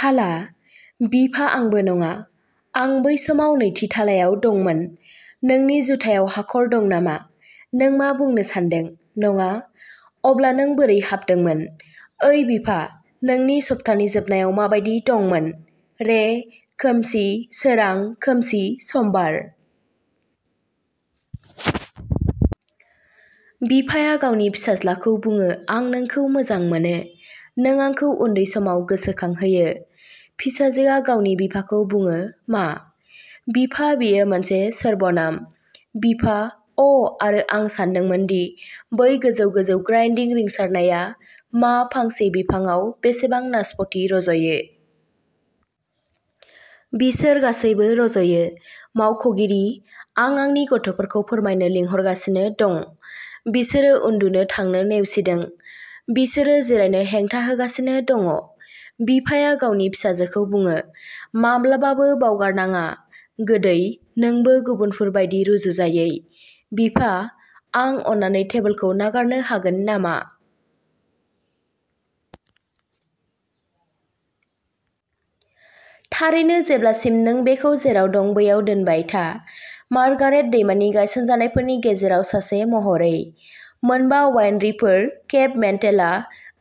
थाला? बिफा आंबो नङा, आं बै समाव नैथि थालायाव दंमोन। नोंनि जुथायाव हाखर दं नामा? नों मा बुंनो सान्दों, नङा, अब्ला नों बोरै हाबदोंमोन? ओइ बिफा, नोंनि सप्तानि जोबनायाव माबायदि दंमोन? रे, खोमसि, सोरां, खोमसि, समबार। बिफाया गावनि फिसाज्लाखौ बुङो आं नोंखौ मोजां मोनो। नों आंखौ उन्दै समाव गोसोखांहोयो। फिसाजोआ गावनि बिफाखौ बुङो मा? बिफा बेयो मोनसे सर्बनाम। बिफा अ'ह आरो आं सानदोंमोन दि बै गोजौ-गोजौ ग्राइन्डिं रिंसारनाया मा फांसे बिफांआव बेसेबां नासपति रज'यो? बिसोर गासैबो रज'यो। मावख'गिरि, आं आंनि गथ'फोरखौ फोरमायनो लिंहरगासिनो दं। बिसोरो उन्दुनो थांनो नेवसिदों। बिसोरो जिरायनो हेंथा होगासिनो दं। बिफाया गावनि फिसाजोखौ बुङोः "माब्लाबाबो बावगारनाङा, गोदै, नोंबो गुबुनफोर बायदि रुजुजायै।" बिफा, आं अन्नानै टेबोलखौ नागारनो हागोन नामा? थारैनो, जेब्लासिम नों बेखौ जेराव दं बैयाव दोनबाय था। मार्गारेट दैमानि गायसनजानायफोरनि गेजेराव सासे महरै। मोनबा' वाइनरिफोर, केप मेन्टेलआ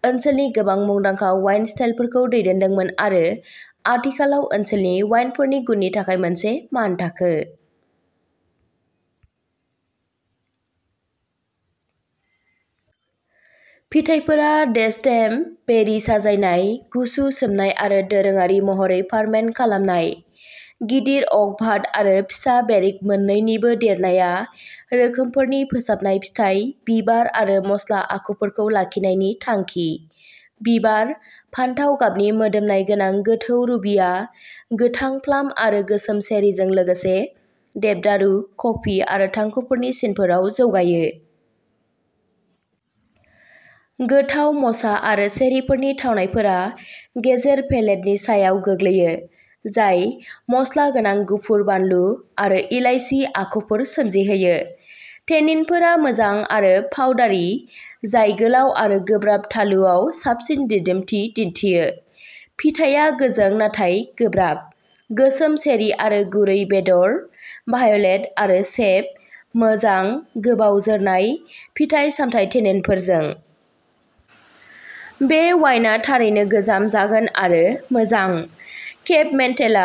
ओनसोलनि गोबां मुंदांखा वाइन स्टाइलफोरखौ दैदेनदोंमोन आरो आथिखालाव ओनसोलनि वाइनफोरनि गुननि थाखाय मोनसे मानथाखो। फिथाइफोरा डेस्टेम्ड, बेरि साजायनाय, गुसु सोमनाय आरो दोरोङारि महरै फार्मेन्ट खालामनाय। गिदिर अक भाट आरो फिसा बेरिक मोन्नैनिबो देरनाया रोखोमफोरनि फोसाबनाय फिथाइ, बिबार आरो मस्ला आखुफोरखौ लाखिनायनि थांखि। बिबार, फान्थाव गाबनि मोदोमनाय गोनां गोथौ रुबिआ गोथां प्लाम आरो गोसोम चेरीजों लोगोसे देवदारु, कफि आरो थांखुफोरनि सिनफोराव जौगायो। गोथाव म'चा आरो चेरीफोरनि थावनायफोरा गेजेर-पेलेटनि सायाव गोग्लैयो, जाय मस्ला गोनां गुफुर बानलु आरो इलायसि आखुफोर सोमजिहोयो। टेनिनफोरा मोजां आरो पाउडारि, जाय गोलाव आरो गोब्राब थालुआव साबसिन दिदोमथि दिन्थियो। फिथायआ गोजों नाथाय गोब्राब, गोसोम चेरी आरो गुरै बेदर, भायलेट आरो सेप, मोजां, गोबाव जोरनाय, फिथाइ-सामथाय टेनिनफोरजों। बे वाइनआ थारैनो गोजाम जागोन, आरो मोजां। केप मेन्टेलआ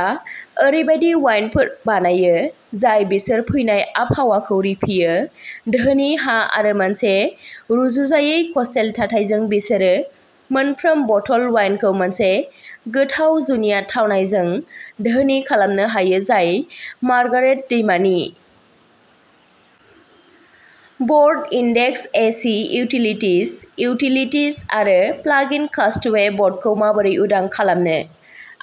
ओरैबायदि वाइनफोर बानायो जाय बिसोर फैनाय आबहावाखौ रिफियो, धोनि हा आरो मोनसे रुजुजायै कस्टेल थाथायजों बिसोरो मोनफ्रोम बथल वाइनखौ मोनसे गोथाव जुनिया थावनायजों धोनि खालामनो हायो जाय मार्गारेट दैमानि। ब'र्ड इन्डेक्स एसि इउटिलितिज इउटिलितिज आरो प्लागिन कास्टवे बटखौ माबोरै उदां खालामनो?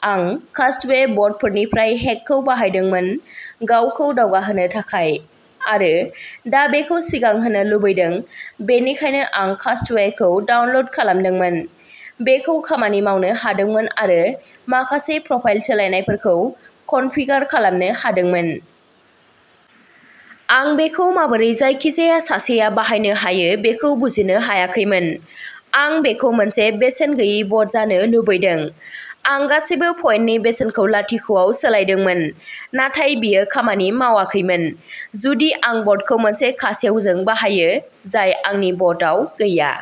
आं कास्टवे ब'टफोरनिफ्राय हेकखौ बाहायदोंमोन गावखौ दावगाहोनो थाखाय, आरो दा बेखौ सिगां होनो लुबैदों बेनिखायनो आं कास्टवेखौ डाउनल'ड खालामदोंमोन। बेखौ खामानि मावनो हादोंमोन, आरो माखासे प्रफाइल सोलायनायफोरखौ कनफिगार खालामनो हादोंमोन। आं बेखौ माबोरै जायखिजाया सासेआ बाहायनो हायो बेखौ बुजिनो हायाखैमोन। आं बेखौ मोनसे बेसेन गैयै ब'ट जानो लुबैदों। आं गासिबो पइन्टनि बेसेनखौ लाथिख'आव सोलायदोंमोन, नाथाय बियो खामानि मावाखैमोन। जुदि आं ब'टखौ मोनसे खासेवजों बाहायो जाय आंनि ब'टआव गैया।